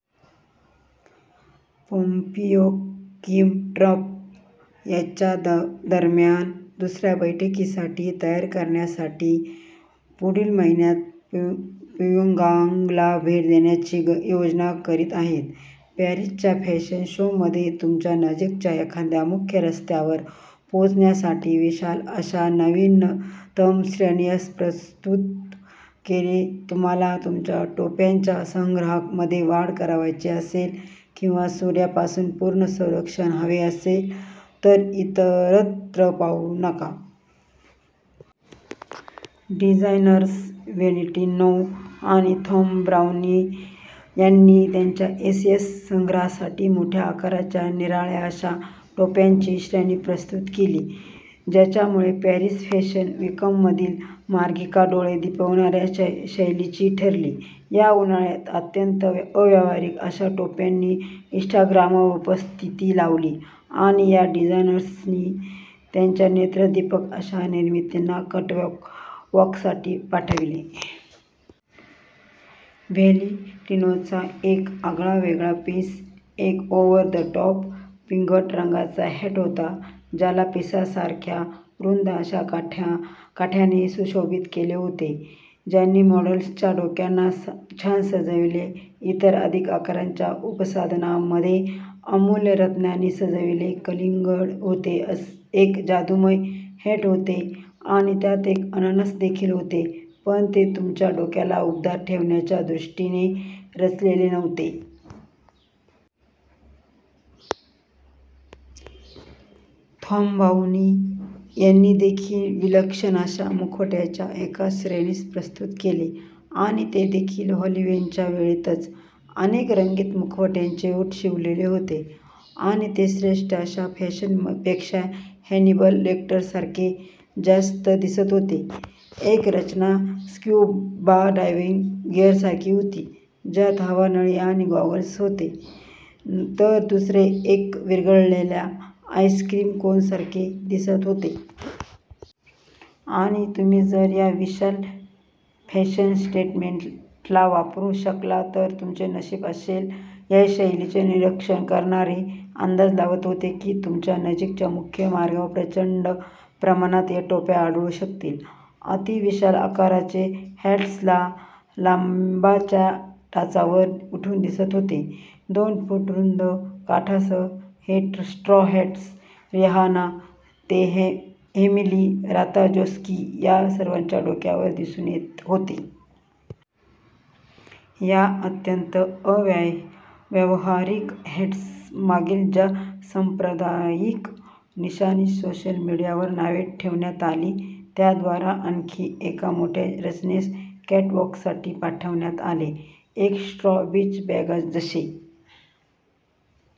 Pompeo Kim Trump यांच्यादरम्यान दुसऱ्या बैठकीसाठी तयारी करण्यासाठी पुढील महिन्यात प्योंगयांगला भेट देण्याची योजना करीत आहेत. पॅरिसच्या फॅशन शोमध्ये तुमच्या नजीकच्या एखाद्या मुख्य रस्त्यावर पोहोचण्यासाठी विशाल अशा नवीनतम श्रेणीस प्रस्तुत केले. तुम्हाला तुमच्या टोप्यांच्या संग्रहामध्ये वाढ करावयाची असेल किंवा सूर्यापासून पूर्ण संरक्षण हवे असेल तर इतरत्र पाहू नका. डिझाईनर्स व्हॅलेंटिनो आणि थॉम ब्राउनी यांनी त्यांच्या एसएस संग्रहांसाठी मोठ्या आकाराच्या निराळ्या अशा टोप्यांची श्रेणी प्रस्तुत केली, ज्यांच्यामुळे पॅरिस फॅशन विकमधील मार्गिका डोळे दिपविणाऱ्या शैलीची ठरली या उन्हाळ्यात अत्यंत अव्यावहारिक अशा टोप्यांनी इन्स्टाग्रामवर उपस्थिती लावली आणि या डिझाईनर्सनी त्यांच्या नेत्रदीपक अशा निर्मितींना कॅटवाकसाठी पाठविले. व्हॅलेंटिनोचा एक आगळावेगळा पीस एक ओव्हर-द-टॉप पिंगट रंगाचा हॅट होता, ज्याला पिसांसारख्या रुंद अशा काठाने सुशोभित केले होते, ज्यांनी मॉडेल्सच्या डोक्यांना छान सजविले. इतर अधिक आकाराच्या उपसाधनांमध्ये अमुल्य रत्नांनी सजविलेले कलिंगड होते, एक जादूमय हॅट होते आणि त्यात एक अननस देखील होते – पण ते तुमच्या डोक्याला उबदार ठेवण्याच्या दृष्टीने रचलेले नव्हते. थॉम ब्राउनी यांनी देखील विलक्षण अशा मुखवट्यांच्या एका श्रेणीस प्रस्तुत केले- आणि ते देखील हॅलोविनच्या वेळेतच. अनेक रंगीत मुखवट्यांचे ओठ शिवलेले होते आणि ते श्रेष्ठ अशा फॅशनपेक्षा हॅनिबल लेक्टरसारखे जास्त दिसत होते. एक रचना स्क्युबा डायव्हिंग गियरसारखी होती, ज्यात हवानळी आणि गॉगल्स होते, तर दुसरे एक विरघळलेल्या आईसक्रीम कोनसारखे दिसत होते. आणि तुम्ही जर या विशाल फॅशन स्टेटमेंटला वापरू शकला- तर तुमचे नशीब असेल. या शैलींचे निरीक्षण करणारे अंदाज लावत होते की तुमच्या नजीकच्या मुख्य मार्गावर प्रचंड प्रमाणात या टोप्या आढळू शकतील. अति-विशाल आकाराचे हॅट्स 'ला लांबा'च्या टाचांवर उठून दिसत होते, दोन-फूट रुंद काठासह हे स्ट्रॉ हॅट्स, रिहाना ते एमिली राताजोस्की या सर्वांच्या डोक्यावर दिसून येत होते. या अत्यंत अव्यावहारिक हॅट्समागील ज्या सांप्रदायिक निशाणीस सोशल मिडीयावर नावे ठेवण्यात आली, त्याद्वारा आणखी एका मोठ्या रचनेस कॅटवाकसाठी पाठविण्यात आले- एक स्ट्रॉ बीच बॅग, जसे